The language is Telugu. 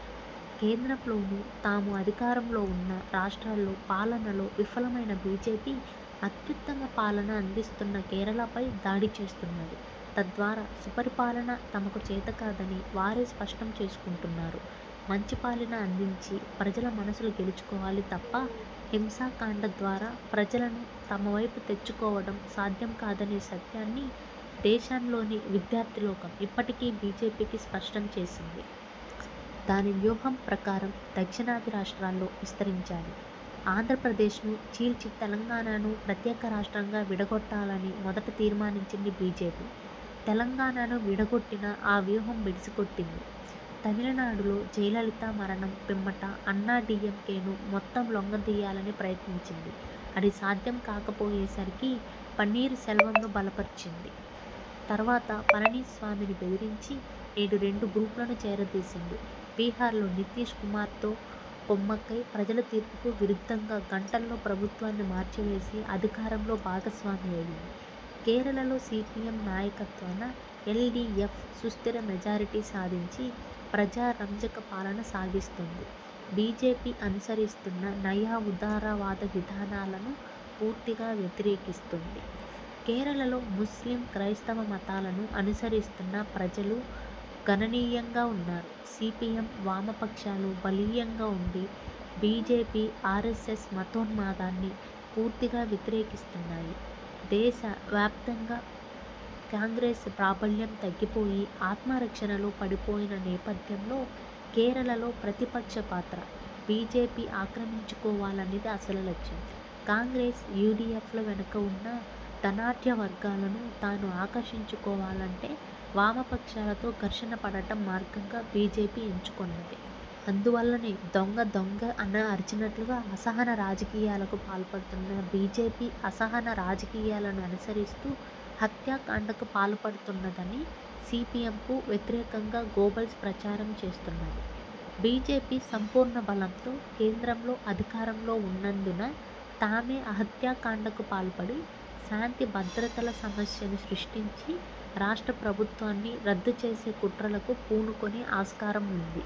కేంద్రంలోనూ, తామూ అధికారంలోవున్న రాష్ట్రాల్లో పాలనలో విఫలమైన బీజేపీ అత్యుత్తమ పాలన అందిస్తున్న కేరళపై దాడిచేస్తున్నది. తద్వారా సుపరిపాలన తమకు చేతకాదని వారే స్పష్టం చేసుకుంటున్నారు. మంచి పాలన అందించి ప్రజల మనసులు గెలుచుకోవాలి తప్ప హింసాకాండ ద్వారా ప్రజలను తమ వైపు తెచ్చుకోవటం సాధ్యంకాదనే సత్యాన్ని దేశంలోని విద్యార్థిలోకం ఇప్పటికే బీజేపీకి స్పష్టం చేసింది. దాని వ్యూహం ప్రకారం దక్షిణాది రాష్ట్రాల్లో విస్తరించాలి. ఆంధ్రప్రదేశ్ను చీల్చి తెలంగాణను ప్రత్యేక రాష్ట్రంగా విడగొట్టాలని మొదట తీర్మానించింది బీజేపీ. తెలంగాణను విడగొట్టినా ఆ వ్యూహం బెడిసికొట్టింది. తమిళనాడులో జయలలిత మరణం పిమ్మట అన్నాడీఎంకేను మొత్తం లొంగదీయాలని ప్రయత్నించింది. అది సాధ్యంకాకపోయేసరికి పన్నీరు సెల్వంను బలపర్చింది. తర్వాత పళనిస్వామిని బెదిరించి నేడు రెండు గ్రూప్లను చేరదీసింది. బిహార్లో నితీశ్ కుమార్తో కుమ్మక్కై ప్రజలతీర్పుకు విరుద్ధంగా గంటల్లో ప్రభుత్వాన్ని మార్చి వేసి అధికారంలో భాగస్వామి అయింది. కేరళలో సీపీఎం నాయకత్వాన ఎల్ డీఎఫ్ సుస్థిర మెజారిటీ సాధించి ప్రజారంజక పాలన సాగిస్తోంది. బీజేపీ అనుసరిస్తున్న నయా ఉదారవాద విధానాలను పూర్తిగా వ్యతిరేకిస్తోంది. కేరళలో ముస్లిం, క్రైస్తవ మతాలను అనుసరిస్తున్న ప్రజలు గణనీయంగా వున్నారు. సీపీఎం, వామపక్షాలు బలీయంగా ఉండి బీజేపీ, ఆరెస్సెస్ మతోన్మాదాన్ని పూర్తిగా వ్యతిరేకిస్తున్నాయి. దేశ వ్యాపితంగా కాంగ్రెస్ ప్రాబల్యం తగ్గిపోయి ఆత్మరక్షణలో పడిపోయిన నేపథ్యంలో, కేరళలో ప్రతిపక్షపాత్ర బీజేపీ ఆక్రమించుకోవాలనేది అసలు లక్ష్యం. కాంగ్రెస్, యూడీఎఫ్ల వెనుకవున్న ధనాడ్యవర్గాలను తాను ఆకర్షించుకోవాలంటే వామపక్షాలతో ఘర్షణపడటం మార్గంగా బీజేపీ ఎంచుకొన్నది. అందువల్లనే దొంగ దొంగ అని అరచినట్లుగా అసహన రాజకీయాలకు పాల్పడుతున్న బీజేపీ, అసహన రాజకీయాలను అనుసరిస్తూ హత్యాకాండకు పాల్పడుతున్నదని సీపీఎంకు వ్యతిరేకంగా గోబెల్స్ ప్రచారం చేస్తున్నది. బీజేపీ సంపూర్ణ బలంతో కేంద్రంలో అధికారంలో ఉన్నందున తామే హత్యాకాండకు పాల్పడి, శాంతిభద్రతల సమస్యను సృష్టించి, రాష్ట్ర ప్రభుత్వాన్ని రద్దు చేసే కుట్రలకు పూనుకునే ఆస్కారం వుంది.